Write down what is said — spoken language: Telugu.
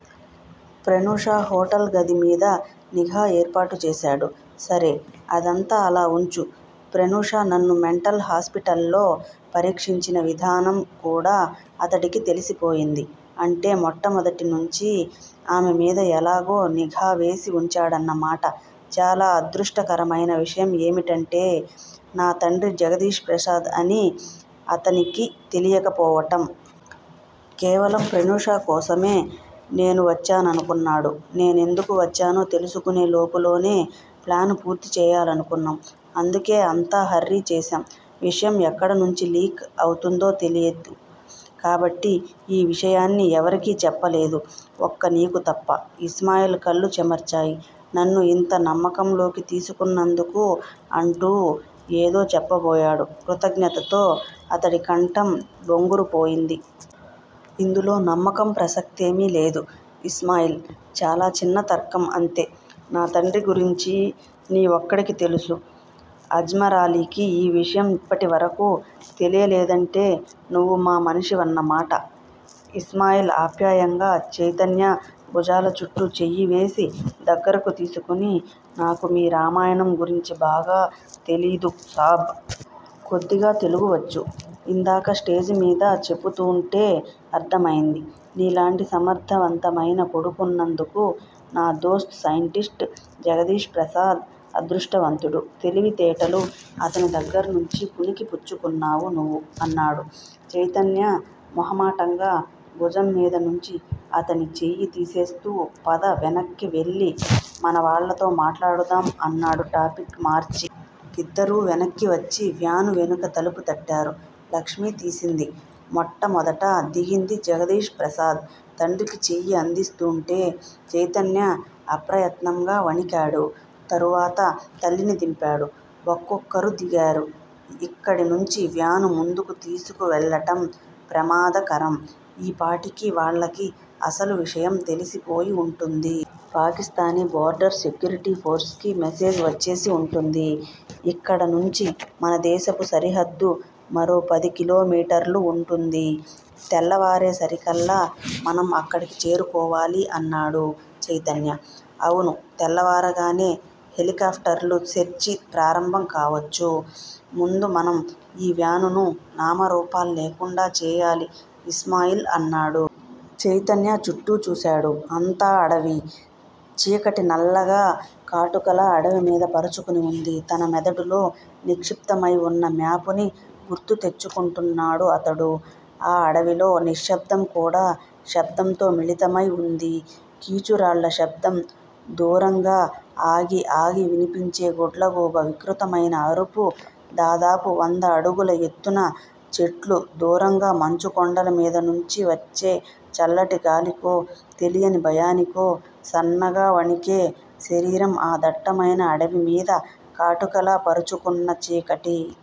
ప్రనూష హోటల్ గది మీద నిఘా ఏర్పాటు చేశాడు. సరే- అదంతా అలా వుంచు. ప్రనూష నన్ను మెంటల్ హాస్పిటల్లో పరీక్షించిన విధానం కూడా అతడికి తెలిసిపోయింది. అంటే- మొట్టమొదటినుంచీ ఆమెమీద ఎలాగో నిఘావేసి వుంచాడన్నమాట. చాలా అదృష్టకరమైన విషయం ఏమిటంటే- నా తండ్రి జగదీష్ ప్రసాద్ అని అతనికి తెలియకపోవటం! కేవలం ప్రనూష కోసమే నేను వచ్చాననుకున్నాడు. నేనెందుకు వచ్చానో తెలుసుకునే లోపులోనే ప్లాను పూర్తి చేయాలనుకున్నాం. అందుకే అంతా హర్రీ చేశాం. విషయం ఎక్కడనుంచి 'లీక్' అవుతుందో తెలీదు. కాబట్టి ఈ విషయాన్ని ఎవరికీ చెప్పలేదు. ఒక్క నీకు తప్ప! ఇస్మాయిల్ కళ్ళు చెమర్చాయి. నన్ను యింత నమ్మకంలోకి తీసుకున్నందుకు- అంటూ ఏదో చెప్పబోయాడు కృతజ్ఞతతో అతడి కంఠం బొంగురుపోయింది. ఇందులో నమ్మకం ప్రసక్తేమీ లేదు ఇస్మాయిల్. చాలా చిన్న తర్కం అంతే! నా తండ్రి గురించీ నీ ఒక్కడికి తెలుసు. అజ్మరాలీకి ఈ విషయం ఇప్పటివరకూ తెలియలేదంటే- నువ్వు మా మనిషివన్నమాట. ఇస్మాయిల్ ఆప్యాయంగా చైతన్య భుజాల చుట్టూ చెయ్యి వేసి దగ్గరకు తీసుకుని- నాకు మీ రామాయణం గురించి బాగా తెలీదు సాబ్! కొద్దిగా తెలుగు వచ్చు. ఇందాక స్టేజీమీద చెపుతూంటే అర్ధమైంది. నీలాంటి సమర్ధవంతమైన కొడుకున్నందుకు నా దోస్త్ సైంటిస్టు జగదీష్ ప్రసాద్ అదృష్టవంతుడు. తెలివితేటలు అతని దగ్గిర్నుంచి పుణికి పుచ్చుకున్నావు నువ్వు అన్నాడు. చైతన్య మొహమాటంగా భుజం మీద నుంచి అతని చెయ్యి తీసేస్తూ పద వెనక్కి వెళ్ళి మన వాళ్ళతో మాట్లాడదాం అన్నాడు టాపిక్ మార్చి. ఇద్దరూ వెనక్కి వచ్చి వ్యాను వెనుక తలుపు తట్టారు. లక్ష్మి తీసింది. మొట్టమొదట దిగింది జగదీష్ ప్రసాద్! తండ్రికి చెయ్యి అందిస్తూంటే చైతన్య అప్రయత్నంగా వణికాడు. తరువాత తల్లిని దింపాడు. ఒక్కొక్కరు దిగారు. ఇక్కడినుంచి వ్యాను ముందుకు తీసుకువెళ్ళటం ప్రమాదకరం. ఈ పాటికి వాళ్ళకి అసలు విషయం తెలిసిపోయి వుంటుంది. పాకిస్తానీ బోర్డర్ సెక్యూరిటీ ఫోర్స్ కి మెసేజ్ వచ్చేసి వుంటుంది. ఇక్కడ నుంచి మనదేశపు సరిహద్దు మరో పది కిలోమీటర్లు వుంటుంది. తెల్లవారేసరికల్లా మనం అక్కడికి చేరుకోవాలి అన్నాడు చైతన్య. అవును తెల్లవారగానే హెలికాప్టర్లు సెర్చి ప్రారంభం కావొచ్చు. ముందు మనం ఈ వ్యానును నామరూపాల్లేకుండా చేయాలి ఇస్మాయిల్ అన్నాడు. చైతన్య చుట్టూ చూశాడు. అంతా అడవి! చీకటి నల్లగా, కాటుకలా అడవిమీద పరుచుకుని వుంది. తన మెదడులో నిక్షిప్తమై వున్న మ్యాపుని గుర్తు తెచ్చుకుంటున్నాడు అతడు. ఆ అడవిలో నిశ్శబ్దం కూడా శబ్దంతో మిళితమై వుంది. కీచురాళ్ళ శబ్దం దూరంగా ఆగి ఆగి వినిపించే గుడ్లగూబ వికృతమైన అరుపు దాదాపు వంద అడుగుల ఎత్తున చెట్లు- దూరంగా మంచుకొండల మీద నుంచి వచ్చే చల్లటి గాలికో, తెలియని భయానికో సన్నగా వణికే శరీరం ఆ దట్టమైన అడవిమీద కాటుకలా పరుచుకున్న చీకటి.